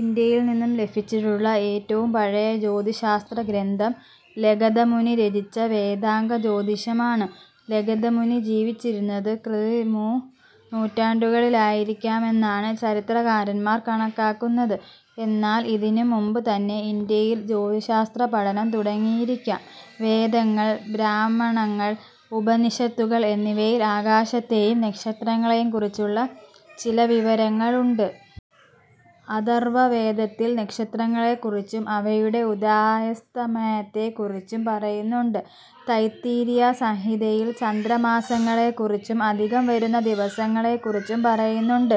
ഇന്ത്യയിൽ നിന്നും ലഭിച്ചിട്ടുള്ള ഏറ്റവും പഴയ ജ്യോതിശാസ്ത്രഗ്രന്ഥം ലഗധമുനി രചിച്ച വേദാംഗജ്യോതിഷം ആണ്. ലഗധമുനി ജീവിച്ചിരുന്നത് ക്രി. മു. നൂറ്റാണ്ടുകളിലായിരിക്കാമെന്നാണ് ചരിത്രകാരന്മാർ കണക്കാക്കുന്നത്. എന്നാൽ ഇതിനും മുമ്പുതന്നെ ഇന്ത്യയിൽ ജ്യോതിശാസ്ത്ര പഠനം തുടങ്ങിയിരിക്കാം. വേദങ്ങൾ, ബ്രാഹ്മണങ്ങൾ, ഉപനിഷത്തുകൾ എന്നിവയിൽ ആകാശത്തെയും നക്ഷത്രങ്ങളെയും കുറിച്ചുള്ള ചില വിവരങ്ങൾ ഉണ്ട്. അഥർവ്വവേദത്തിൽ നക്ഷത്രങ്ങളെ കുറിച്ചും അവയുടെ ഉദയാസ്തമയത്തെ കുറിച്ചും പറയുന്നുണ്ട്. തൈത്തിരീയ സംഹിതയിൽ ചന്ദ്രമാസങ്ങളെ കുറിച്ചും അധികം വരുന്ന ദിവസങ്ങളെ കുറിച്ചും പറയുന്നുണ്ട്.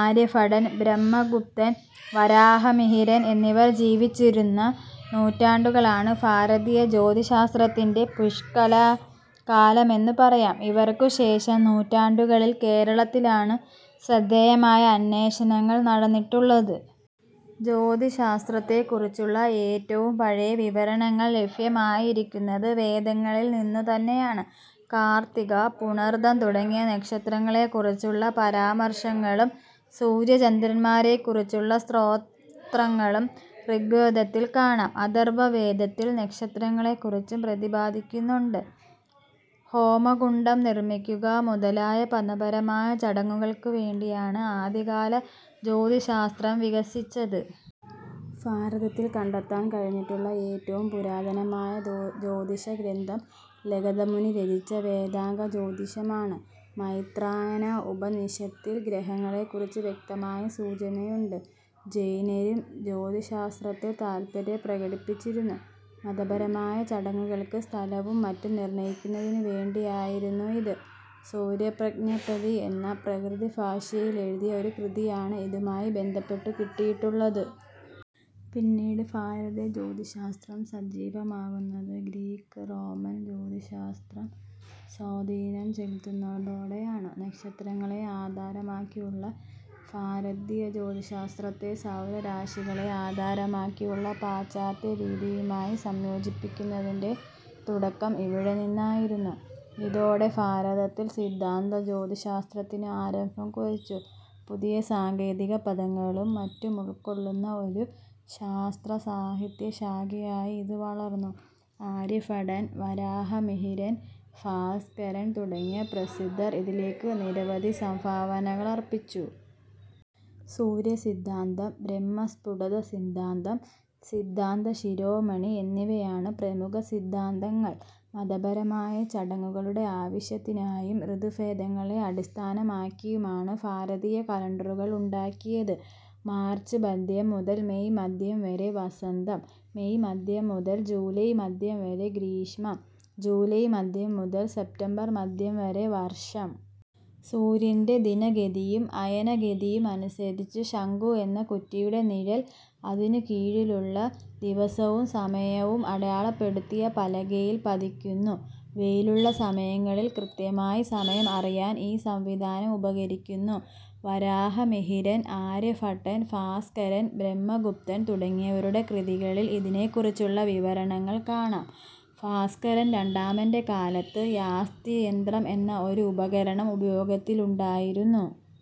ആര്യഭടൻ, ബ്രഹ്മഗുപ്തൻ, വരാഹമിഹിരൻ എന്നിവർ ജീവിച്ചിരുന്ന, നൂറ്റാണ്ടുകളാണ് ഭാരതീയ ജ്യോതിശാസ്ത്രത്തിന്റെ പുഷ്കലകാലമെന്നു പറയാം. ഇവർക്കു ശേഷം നൂറ്റാണ്ടുകളിൽ കേരളത്തിലാണ് ശ്രദ്ധേയമായ അന്വേഷണങ്ങൾ നടന്നിട്ടുള്ളത്. ജ്യോതിശാസ്ത്രത്തെ കുറിച്ചുള്ള ഏറ്റവും പഴയ വിവരണങ്ങൾ ലഭ്യമായിരിക്കുന്നത് വേദങ്ങളിൽ നിന്നു തന്നെയാണ്. കാർത്തിക, പുണർതം തുടങ്ങിയ നക്ഷത്രങ്ങളെ കുറിച്ചുള്ള പരാമർശങ്ങളും സൂര്യ ചന്ദ്രന്മാരെ കുറിച്ചുള്ള സ്തോത്രങ്ങളും ഋഗ്വേദത്തിൽ കാണാം. അഥർവ വേദത്തിൽ നക്ഷത്രങ്ങളെ കുറിച്ചും പ്രദിപാദിക്കുന്നുണ്ട്.. ഹോമകുണ്ഡം നിർമ്മിക്കുക മുതലായ മതപരമായ ചടങ്ങുകൾക്കു വേണ്ടിയാണ് ആദ്യകാല ജ്യോതിശാസ്ത്രം വികസിച്ചത്. ഭാരതത്തിൽ കണ്ടെത്താൻ കഴിഞ്ഞിട്ടുള്ള ഏറ്റവും പുരാതനമായ ജ്യോതിഷ ഗ്രന്ഥം ലഗധമുനി രചിച്ച വേദാംഗജ്യോതിഷം ആണ്. മൈത്രായന ഉപനിഷത്തിൽ ഗ്രഹങ്ങളെ കുറിച്ച് വ്യക്തമായ സൂചനയുണ്ട്. ജൈനരും ജ്യോതിശാസ്ത്രത്തിൽ താൽപര്യം പ്രകടിപ്പിച്ചിരുന്നു. മതപരമായ ചടങ്ങുകൾക്ക് സ്ഥലവും മറ്റും നിർണ്ണയിക്കുന്നതിനു വേണ്ടിയയിരുന്നു ഇത്. സൂര്യപ്രജ്ഞപ്തി എന്ന പ്രാകൃതഭാഷയിലെഴുതിയ ഒരു കൃതിയണ് ഇതുമായി ബന്ധപ്പെട്ടു കിട്ടിയിട്ടുള്ളത്. പിന്നീട് ഭാരതീയ ജ്യോതിശാസ്ത്രം സജ്ജീവമാകുന്നത് ഗ്രീക്ക്-റോമൻ ജ്യോതിശാസ്ത്രം സ്വാധീനം ചെലുത്തുന്നതോടെയാണ്. നക്ഷത്രങ്ങളെ ആധാരമാക്കിയുള്ള ഭാരതീയ ജ്യോതിശാസ്ത്രത്തെ സൗരരാശികളെ ആധാരമാക്കിയുള്ള പാശ്ചാത്യ രീതിയുമായി സംയോജിപ്പിക്കുന്നതിന്റെ തുടക്കം ഇവിടെ നിന്നായിരുന്നു. ഇതോടെ ഭാരതത്തിൽ സിദ്ധാന്തജ്യോതിശാസ്ത്രത്തിന് ആരംഭം കുറിച്ചു. പുതിയ സാങ്കേതികപദങ്ങളും മറ്റുമുൾക്കൊള്ളുന്ന ഒരു ശാസ്ത്രസാഹിത്യശാഖയായി ഇത് വളർന്നു. ആര്യഭടൻ, വരാഹമിഹിരൻ, ഭാസ്കരൻ, തുടങ്ങിയ പ്രസിദ്ധർ ഇതിലേക്ക് നിരവധി സംഭാവനകളർപ്പിച്ചു. സൂര്യസിദ്ധാന്തം, ബ്രഹ്മസ്ഫുടസിദ്ധാന്തം, സിദ്ധാന്ത ശിരോമണി എന്നിവയാണ് പ്രമുഖസിദ്ധാന്തങ്ങൾ. മതപരമായ ചടങ്ങുകളുടെ ആവശ്യത്തിനായും ഋതുഭേദങ്ങളെ അടിസ്ഥാനമാക്കിയുമാണ് ഭാരതീയ കലണ്ടറുകൾ ഉണ്ടാക്കിയത്. മാർച്ച് മദ്ധ്യം മുതൽ മെയ് മദ്ധ്യം വരെ വസന്തം. മെയ് മദ്ധ്യം മുതൽ ജൂലൈ മദ്ധ്യം വരെ ഗ്രീഷ്മം. ജൂലൈ മദ്ധ്യം മുതൽ സപ്റ്റംബർ മദ്ധ്യം വരെ വർഷം. സൂര്യന്റെ ദിനഗതിയും അയനഗതിയും അനുസരിച്ച് ശങ്കു എന്ന കുറ്റിയുടെ നിഴൽ അതിനുകീഴിലുള്ള, ദിവസവും സമയവും അടയാളപ്പെടുത്തിയ പലകയിൽ പതിയ്ക്കുന്നു. വെയിലുള്ള സമയങ്ങളിൽ കൃത്യമായി സമയം അറിയാൻ ഈ സംവിധാനം ഉപകരിക്കുന്നു. വരാഹമിഹിരൻ, ആര്യഭട്ടൻ, ഭാസ്കരൻ, ഭ്രഹ്മഗുപ്തൻ തുടങ്ങിയവരുടെ കൃതികളിൽ ഇതിനെ കുറിച്ചുള്ള വിവരണങ്ങൾ കാണാം. ഭാസ്കരൻ രണ്ടാമന്റെ കാലത്ത് യാസ്തിയന്ത്രം എന്ന ഒരു ഉപകരണം ഉപയോഗത്തിലുണ്ടായിരുന്നു.